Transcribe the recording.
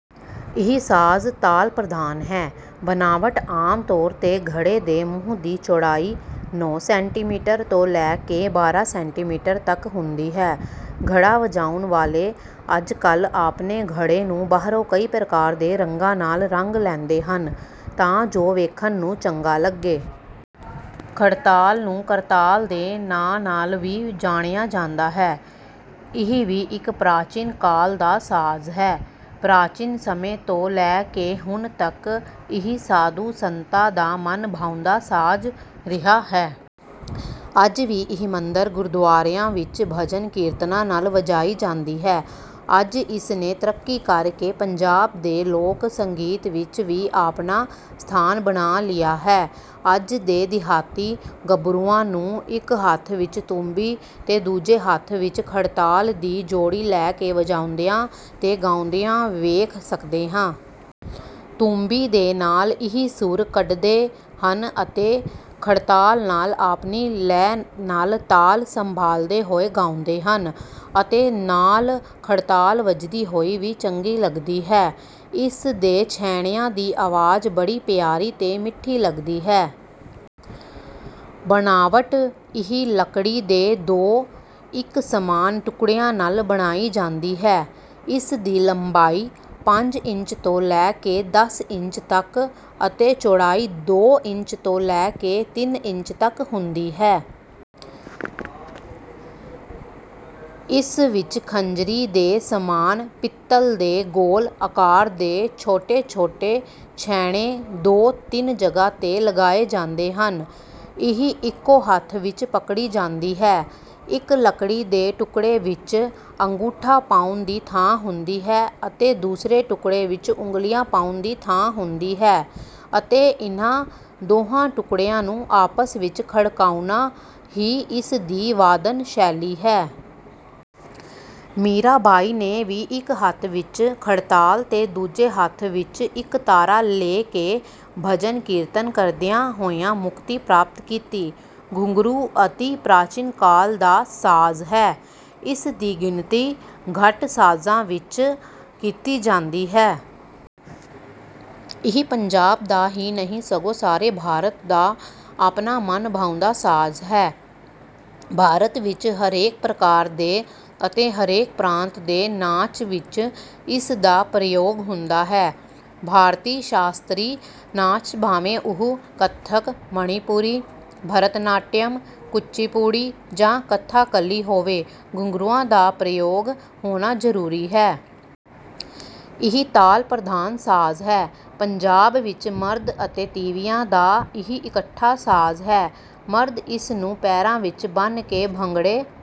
ਇਹ ਸਾਜ਼ ਤਾਲ ਪ੍ਰਧਾਨ ਹੈ। ਬਣਾਵਟ, ਆਮ ਤੌਰ ਤੇ ਘੜੇ ਦੇ ਮੂੰਹ ਦੀ ਚੌੜਾਈ ਨੌ ਸੈਂਟੀਮੀਟਰ ਤੋਂ ਲੈ ਕੇ ਬਾਰਾਂ ਸੈਂਟੀਮੀਟਰ ਤਕ ਹੁੰਦੀ ਹੈ। ਘੜਾ ਵਜਾਉਣ ਵਾਲੇ ਅੱਜ ਕਲ੍ਹ ਆਪਣੇ ਘੜੇ ਨੂੰ ਬਾਹਰੋਂ ਕਈ ਪ੍ਰਕਾਰ ਦੇ ਰੰਗਾਂ ਨਾਲ ਰੰਗ ਲੈਂਦੇ ਹਨ ਤਾਂ ਜੋ ਵੇਖਣ ਨੂੰ ਚੰਗਾਂ ਲੱਗੇ। ਖੜਤਾਲ ਨੂੰ ਕਰਤਾਲ ਦੇ ਨਾਂ ਨਾਲ ਵੀ ਜਾਣਿਆ ਜਾਂਦਾ ਹੈ। ਇਹ ਵੀ ਇੱਕ ਪ੍ਰਾਚੀਨ ਕਾਲ ਦਾ ਸਾਜ਼ ਹੈ। ਪ੍ਰਾਚੀਨ ਸਮੇਂ ਤੋਂ ਲੈ ਕੇ ਹੁਣ ਤਕ ਇਹ ਸਾਧੂ ਸੰਤਾਂ ਦਾ ਮਨ ਭਾਉਂਦਾ ਸਾਜ਼ ਰਿਹਾ ਹੈ। ਅੱਜ ਵੀ ਇਹ ਮੰਦਰ, ਗੁਰਦੁਆਰਿਆਂ ਵਿੱਚ ਭਜਨ, ਕੀਰਤਨਾਂ ਨਾਲ ਵਜਾਈ ਜਾਂਦੀ ਹੈ। ਅੱਜ ਇਸ ਨੇ ਤਰੱਕੀ ਕਰ ਕੇ ਪੰਜਾਬ ਦੇ ਲੋਕ ਸੰਗੀਤ ਵਿੱਚ ਵੀ ਆਪਣਾ ਸਥਾਨ ਬਣਾ ਲਿਆ ਹੈ। ਅੱਜ ਦੇ ਦਿਹਾਤੀ ਗੱਭਰੂਆਂ ਨੂੰ, ਇੱਕ ਹੱਥ ਵਿੱਚ ਤੂੰਬੀ ਤੇ ਦੂਜੇ ਹੱਥ ਵਿੱਚ ਖੜਤਾਲ ਦੀ ਜੋੜੀ ਲੈ ਕੇ ਵਜਾਉਂਦਿਆਂ ਤੇ ਗਾਉਂਦਿਆਂ ਵੇਖ ਸਕਦੇ ਹਾਂ। ਤੂੰਬੀ ਦੇ ਨਾਲ ਇਹ ਸੁਰ ਕੱਢਦੇ ਹਨ ਅਤੇ ਖੜਤਾਲ ਨਾਲ ਆਪਣੀ ਲੈਅ ਨਾਲ ਤਾਲ ਸੰਭਾਲਦੇ ਹੋਏ ਗਾਉਂਦੇ ਹਨ ਅਤੇ ਨਾਲ ਖੜਤਾਲ ਵੱਜਦੀ ਹੋਈ ਵੀ ਚੰਗੀ ਲਗਦੀ ਹੈ। ਇਸ ਦੇ ਛੈਣਿਆਂ ਦੀ ਆਵਾਜ਼ ਬੜੀ ਪਿਆਰੀ ਤੇ ਮਿੱਠੀ ਲੱਗਦੀ ਹੈ। ਬਣਾਵਟ, ਇਹ ਲੱਕੜੀ ਦੇ ਦੋ, ਇੱਕ ਸਮਾਨ ਟੁਕੜਿਆਂ ਨਾਲ ਬਣਾਈ ਜਾਂਦੀ ਹੈ। ਇਸ ਦੀ ਲੰਬਾਈ ਪੰਜ ਇੰਚ ਤੋਂ ਲੈ ਕੇ ਦਸ ਇੰਚ ਤਕ ਅਤੇ ਚੌੜਾਈ ਦੋ ਇੰਚ ਤੋਂ ਲੈ ਕੇ ਤਿੰਨ ਇੰਚ ਤਕ ਹੁੰਦੀ ਹੈ। ਇਸ ਵਿੱਚ ਖੰਜਰੀ ਦੇ ਸਮਾਨ ਪਿੱਤਲ ਦੇ ਗੋਲ ਆਕਾਰ ਦੇ ਛੋਟੇ-ਛੋਟੇ ਛੈਣੇ ਦੋ ਤਿੰਨ ਜਗ੍ਹਾ ਤੇ ਲਗਾਏ ਜਾਂਦੇ ਹਨ। ਇਹ ਇਕੋ ਹੱਥ ਵਿੱਚ ਪਕੜੀ ਜਾਂਦੀ ਹੈ। ਇੱਕ ਲਕੜੀ ਦੇ ਟੁਕੜੇ ਵਿੱਚ ਅੰਗੂਠਾ ਪਾਉਣ ਦੀ ਥਾਂ ਹੁੰਦੀ ਹੈ ਅਤੇ ਦੂਸਰੇ ਟੁਕੜੇ ਵਿੱਚ ਉਂਗਲੀਆਂ ਪਾਉਣ ਦੀ ਥਾਂ ਹੁੰਦੀ ਹੈ ਅਤੇ ਇਨ੍ਹਾਂ ਦੋਹਾਂ ਟੁਕੜਿਆਂ ਨੂੰ ਆਪਸ ਵਿੱਚ ਖੜਕਾਉਣਾ ਹੀ ਇਸ ਦੀ ਵਾਦਨ ਸ਼ੈਲੀ ਹੈ। ਮੀਰਾ ਬਾਈ ਨੇ ਵੀ ਇੱਕ ਹੱਥ ਵਿੱਚ ਖੜਤਾਲ ਤੇ ਦੂਜੇ ਹੱਥ ਵਿੱਚ ਇੱਕ ਤਾਰਾ ਲੇ ਕੇ ਭਜਨ, ਕੀਰਤਨ ਕਰਦਿਆਂ ਹੋਇਆਂ ਮੁਕਤੀ ਪ੍ਰਾਪਤ ਕੀਤੀ| ਘੁੰਘਰੂ ਅਤਿ ਪ੍ਰਾਚੀਨ ਕਾਲ ਦਾ ਸਾਜ਼ ਹੈ। ਇਸ ਦੀ ਗਿਣਤੀ ਘਟ ਸਾਜ਼ਾਂ ਵਿੱਚ ਕੀਤੀ ਜਾਂਦੀ ਹੈ। ਇਹ ਪੰਜਾਬ ਦਾ ਹੀ ਨਹੀਂ ਸਗੋਂ ਸਾਰੇ ਭਾਰਤ ਦਾ ਆਪਣਾ ਮਨ ਭਾਉਂਦਾ ਸਾਜ਼ ਹੈ। ਭਾਰਤ ਵਿੱਚ ਹਰੇਕ ਪ੍ਰਕਾਰ ਦੇ ਅਤੇ ਹਰੇਕ ਪ੍ਰਾਂਤ ਦੇ ਨਾਚ ਵਿੱਚ ਇਸ ਦਾ ਪ੍ਰਯੋਗ ਹੁੰਦਾ ਹੈ। ਭਾਰਤੀ ਸ਼ਾਸਤਰੀ ਨਾਚ ਭਾਵੇਂ ਉਹ ਕਥਕ, ਮਣੀਪੁਰੀ, ਭਰਤ ਨਾਟਯਮ, ਕੁਚੀ ਪੂੜੀ ਜਾਂ ਕਥਾ ਕਲੀ ਹੋਵੇ, ਘੁੰਘਰੂਆਂ ਦਾ ਪ੍ਰਯੋਗ ਹੋਣਾ ਜ਼ਰੂਰੀ ਹੈ। ਇਹ ਤਾਲ ਪ੍ਰਧਾਨ ਸਾਜ਼ ਹੈ। ਪੰਜਾਬ ਵਿੱਚ ਮਰਦ ਅਤੇ ਤੀਵੀਆਂ ਦਾ ਇਹ ਇਕੱਠਾ ਸਾਜ਼ ਹੈ। ਮਰਦ ਇਸ ਨੂੰ ਪੈਰਾਂ ਵਿੱਚ ਬੰਨ੍ਹ ਕੇ ਭੰਗੜੇ